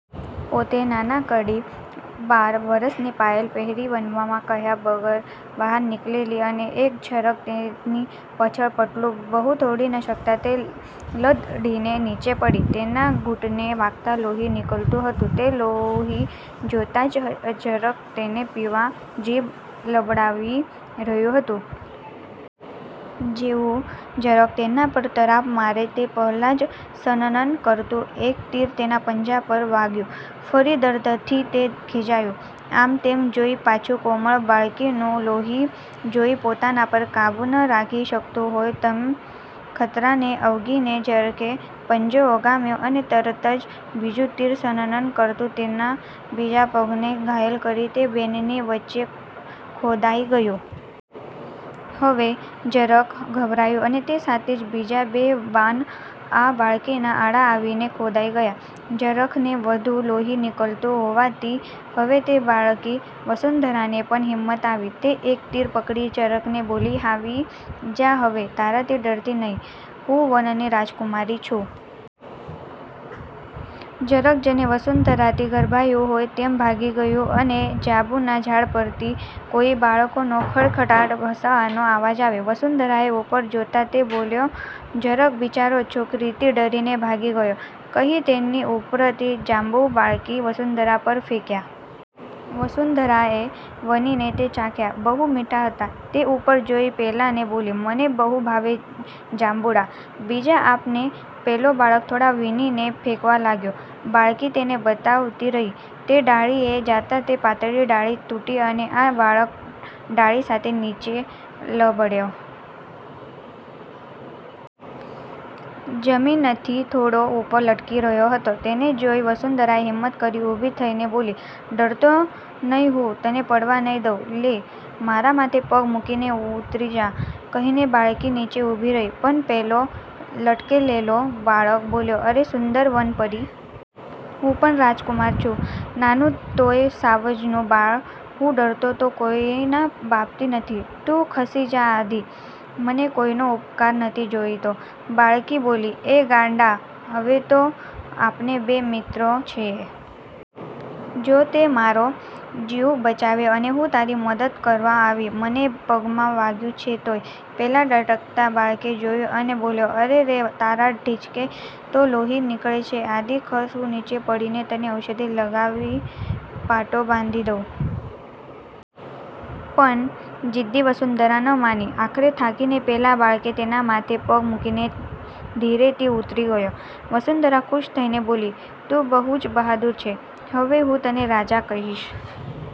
પોતે નાનકડી બાર વરસની પાયલ પહેરી વનમાં કહ્યાં વગર બહાર નીકળેલી અને એક ઝરખ તેની પાછળ પડ્યું. બહુ દોડી ન શકતાં તે લથડીને નીચે પડી, તેનાં ઘૂંટણે વાગતાં લોહી નીકળતું હતું. તે લોહી જોતાં જ ઝરખ તેને પીવા જીભ લબડાવી રહ્યુ હતો જેવું ઝરખ તેનાં પર તરાપ મારે તે પહેલાં જ સનનન કરતું એક તીર તેનાં પંજા પર વાગ્યું. ફરી દર્દથી તે ખિજાયું, આમતેમ જોઈ પાછું કોમળ બાળકીનું લોહી જોઈ પોતાનાં પર કાબુ ન રાખી શકતું હોય તેમ ખતરાને અવગણીને ઝરુખે પંજો ઉગામ્યો અને તરતજ બીજું તીર સનનન કરતું તેનાં બીજા પગને ઘાયલ કરી તે બંનેની વચ્ચે ખોડાઈ ગયું. હવે ઝરખ ગભરાયું અને તે સાથે જ બીજા બે બાણ આ બાળકીનાં આડા આવીને ખોડાઈ ગયાં. ઝરખને વઘુ લોહી નીકળતું હોવાથી હવે તે બાળકી વસુંધરાને પણ હિંમત આવેલી તે એક તીર પકડી ઝરખને બોલી,"આવી જા હવે, તારાથી ડરતી નહીં, હું વનની રાજકુમારી છું." ઝરખ જાણે વસુંધરાથી ગભરાયું હોય તેમ ભાગી ગયું અને જાંબુના ઝાડ પરથી કોઈ બાળકનો ખડખડાટ હસવાનો અવાજ આવ્યો. વસુંધરાએ ઉપર જોતાં તે બોલ્યો,"ઝરખ બિચારો છોકરીથી ડરીને ભાગી ગયો," કહી તેને ઉપરથી જાંબુ બાળકી વસુંધરાની પર ફેંક્યા. વસુંધરાએ વીણીને તે ચાખ્યાં, બહુ મીઠા હતાં. તે ઉપર જોઈ પેલાને બોલી,"મને બહુ ભાવે જાંબુડા, બીજા આપ ને." પેલો બાળક થોડાં વીણીને ફેંકવા લાગ્યો. બાળકી તેને બતાવતી રહી તે ડાળીએ જતાં તે પાતળી ડાળી તૂટી અને આ બાળક ડાળી સાથે નીચે લબડયો. જમીનથી થોડો ઉપર લટકી રહયો હતો. તેને જોઈ વસુંધરાએ હિંમત કરી ઉભી થઈને બોલી,"ડરતો નહીં હું તને પડવા નહીં દવ. લે મારાં માથે પગ મૂકીને ઉતરી જા," કહીને બાળકી નીચે ઉભી રહી. પણ પેલો લટકેલો બાળક બોલ્યો,"અરે સુંદર વનપરી! હું પણ રાજકુમાર છું. નાનું તોય સાવજનું બાળ. હું ડરતો તો કોઈના બાપથી નથી. તું ખસી જા આઘી! મને કોઈનો ઉપકાર ન જૉઈએ." બાળકી બોલી," એ ગાંડા હવે તો અપડે બે મિત્રો છીએ. જો તે મારો જીવ બચાવ્યો અને હું તારી મદદ કરવા આવી મને પગમાં વાગ્યું છે તોય." પેલા લટકતાં બાળકે જોયું અને બોલ્યો,"અરે રે, તારા ઢીંચળે તો લોહી નીકળે છે. આઘી ખસ. હું નીચે પડીને તને ઔષધિ લગાવી પાટો બાંધી દવ." પણ જીદ્દી વસુંધરા ન માંની, આખરે થાકીને પેલા બાળકે તેનાં માથે પગ મૂકીને ધીરેથી ઉતરી ગયો. વસુંધરા ખુશ થઈ બોલી,"તું બહુ જ બહાદુર છે. હવે હું તને રાજા કહીશ.